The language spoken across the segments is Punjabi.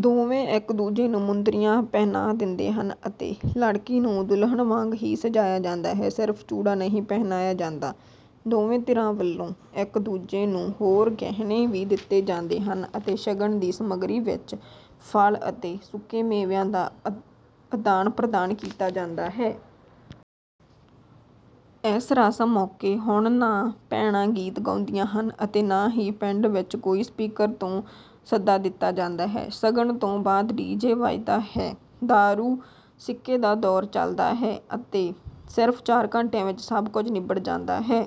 ਦੋਵੇਂ ਇੱਕ ਦੂਜੇ ਨੂੰ ਮੁੰਦਰੀਆਂ ਪਹਿਨਾ ਦਿੰਦੇ ਹਨ ਅਤੇ ਲੜਕੀ ਨੂੰ ਦੁਲਹਨ ਵਾਂਗ ਹੀ ਸਜਾਇਆ ਜਾਂਦਾ ਹੈ ਸਿਰਫ ਚੂੜਾ ਨਹੀਂ ਪਹਿਨਾਇਆ ਜਾਂਦਾ। ਦੋਵਾਂ ਧਿਰਾਂ ਵੱਲੋਂ ਇੱਕ ਦੂਜੇ ਨੂੰ ਹੋਰ ਗਹਿਣੇ ਵੀ ਦਿੱਤੇ ਜਾਂਦੇ ਹਨ ਅਤੇ ਸ਼ਗਨ ਦੀ ਸਮੱਗਰੀ ਵਿੱਚ ਫਲ ਅਤੇ ਸੁੱਕੇ ਮੇਵਿਆਂ ਦਾ ਆਦਾਨ ਪ੍ਰਦਾਨ ਕੀਤਾ ਜਾਂਦਾ ਹੈ। ਇਸ ਰਸਮ ਮੌਕੇ ਹੁਣ ਨਾ ਭੈਣਾਂ ਗੀਤ ਗਾਉਂਦੀਆਂ ਹਨ ਅਤੇ ਨਾ ਹੀ ਪਿੰਡ ਵਿੱਚ ਕੋਈ ਸਪੀਕਰ ਤੋਂ ਸੱਦਾ ਦਿੱਤਾ ਜਾਂਦਾ ਹੈ। ਸ਼ਗਨ ਤੋਂ ਬਾਅਦ ਡੀ ਜੇ ਵੱਜਦਾ ਹੈ, ਦਾਰੂ ਸਿੱਕੇ ਦਾ ਦੌਰ ਚੱਲਦਾ ਹੈ ਅਤੇ ਸਿਰਫ ਚਾਰ ਘੰਟਿਆਂ ਵਿੱਚ ਸਭ ਕੁਝ ਨਿਬੜ ਜਾਂਦਾ ਹੈ।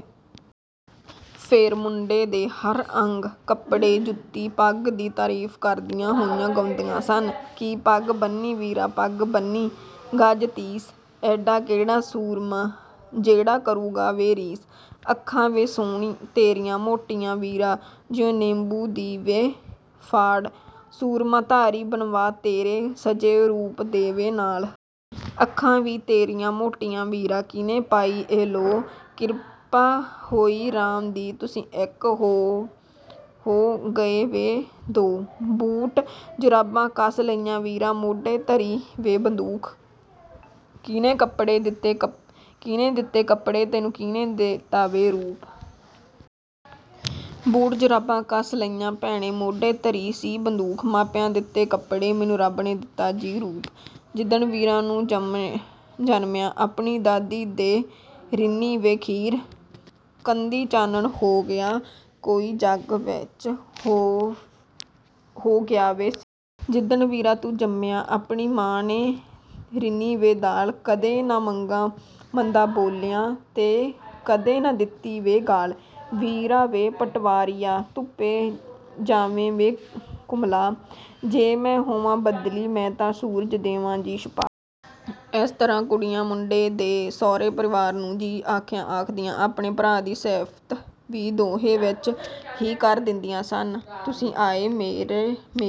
ਫਿਰ ਮੁੰਡੇ ਦੇ ਹਰ ਅੰਗ ਕੱਪੜੇ, ਜੁੱਤੀ, ਪੱਗ ਦੀ ਤਾਰੀਫ ਕਰਦੀਆਂ ਹੋਈਆਂ ਗਾਉਂਦੀਆਂ ਸਨ ਕਿ ਪੱਗ ਬੰਨ੍ਹੀ ਵੀਰਾ ਪੱਗ ਬੰਨ੍ਹੀ ਗਜ਼ ਤੀਸ, ਐਡਾ ਕਿਹੜਾ ਸੂਰਮਾ ਜਿਹੜਾ ਕਰੂਗਾ ਵੇ ਰੀਸ। ਅੱਖਾਂ ਵੀ ਤੇਰੀਆਂ ਮੋਟੀਆਂ ਵੀਰਾ ਜਿਉਂ ਨਿੰਬੂ ਦੀ ਵੇ ਫਾੜ, ਸੂਰਮਾ ਧਾਰੀ ਬੰਨ੍ਹਵਾਂ ਤੇਰੇ ਸਜੇ ਰੂਪ ਦੇ ਵੇ ਨਾਲ। ਅੱਖਾਂ ਵੀ ਤੇਰੀਆਂ ਮੋਟੀਆਂ ਵੀਰਾ ਕੀਹਨੇ ਪਾਈ ਵੇ ਲੋਅ, ਕਿਰਪਾ ਹੋਈ ਰਾਮ ਦੀ ਤੁਸੀਂ ਇੱਕ ਤੋਂ ਹੋ ਗਏ ਵੇ ਦੋ। ਬੂਟ ਜੁਰਾਬਾਂ ਕਸ ਲਈਆਂ ਵੀਰਾ ਮੋਢੇ ਧਰੀ ਵੇ ਬੰਦੂਕ, ਕੀਹਨੇ ਦਿੱਤੇ ਕੱਪੜੇ ਤੈਨੂੰ ਕੀਹਨੇ ਦਿੱਤਾ ਵੇ ਰੂਪ। ਬੂਟ ਜੁਰਾਬਾਂ ਕਸ ਲਈਆਂ ਭੈਣੇ ਮੋਢੇ ਧਰੀ ਜੀ ਬੰਦੂਕ, ਮਾਪਿਆਂ ਦਿੱਤੇ ਕੱਪੜੇ ਮੈਨੂੰ ਰੱਬ ਨੇ ਦਿੱਤਾ ਜੀ ਰੂਪ। ਜਿਦਣ ਵੀਰਾ ਤੂੰ ਜਨਮਿਆ ਆਪਣੀ ਦਾਦੀ ਨੇ ਰਿੰਨ੍ਹੀ ਵੇ ਖੀਰ, ਕੰਧੀਂ ਚਾਨਣ ਹੋ ਗਿਆ ਕੋਈ ਜੱਗ ਵਿੱਚ ਹੋ ਗਿਆ ਵੇ ਸੀਰ। ਜਿੱਦਣ ਵੀਰਾ ਤੂੰ ਜਨਮਿਆ ਆਪਣੀ ਮਾਂ ਨੇ ਰਿੰਨੀ ਵੇ ਦਾਲ, ਕਦੇ ਨਾ ਮੰਦਾ ਬੋਲਿਆ ਤੈਂ ਕਦੇ ਨਾ ਦਿੱਤੀ ਵੇ ਗਾਲ੍ਹ। ਵੀਰਾ ਵੇ ਪਟਵਾਰੀਆ ਧੁੱਪੇ ਜਾਵੇਂ ਵੇ ਕੁਮਲਾ, ਜੇ ਮੈਂ ਹੋਵਾਂ ਬੱਦਲੀ ਮੈਂ ਤਾਂ ਸੂਰਜ ਦੇਵਾਂ ਜੀ ਛੁਪਾ। ਇਸ ਤਰ੍ਹਾਂ ਕੁੜੀਆਂ ਮੁੰਡੇ ਦੇ ਸਹੁਰੇ ਪਰਿਵਾਰ ਨੂੰ ਜੀ ਆਇਆਂ ਆਖਦੀਆਂ ਆਪਣੇ ਭਰਾ ਦੀ ਸਿਫਤ ਵੀ ਦੋਹੇ ਵਿੱਚ ਹੀ ਕਰ ਦਿੰਦੀਆਂ ਸਨ। ਤੁਸੀਂ ਆਏ ਮੇਰਾ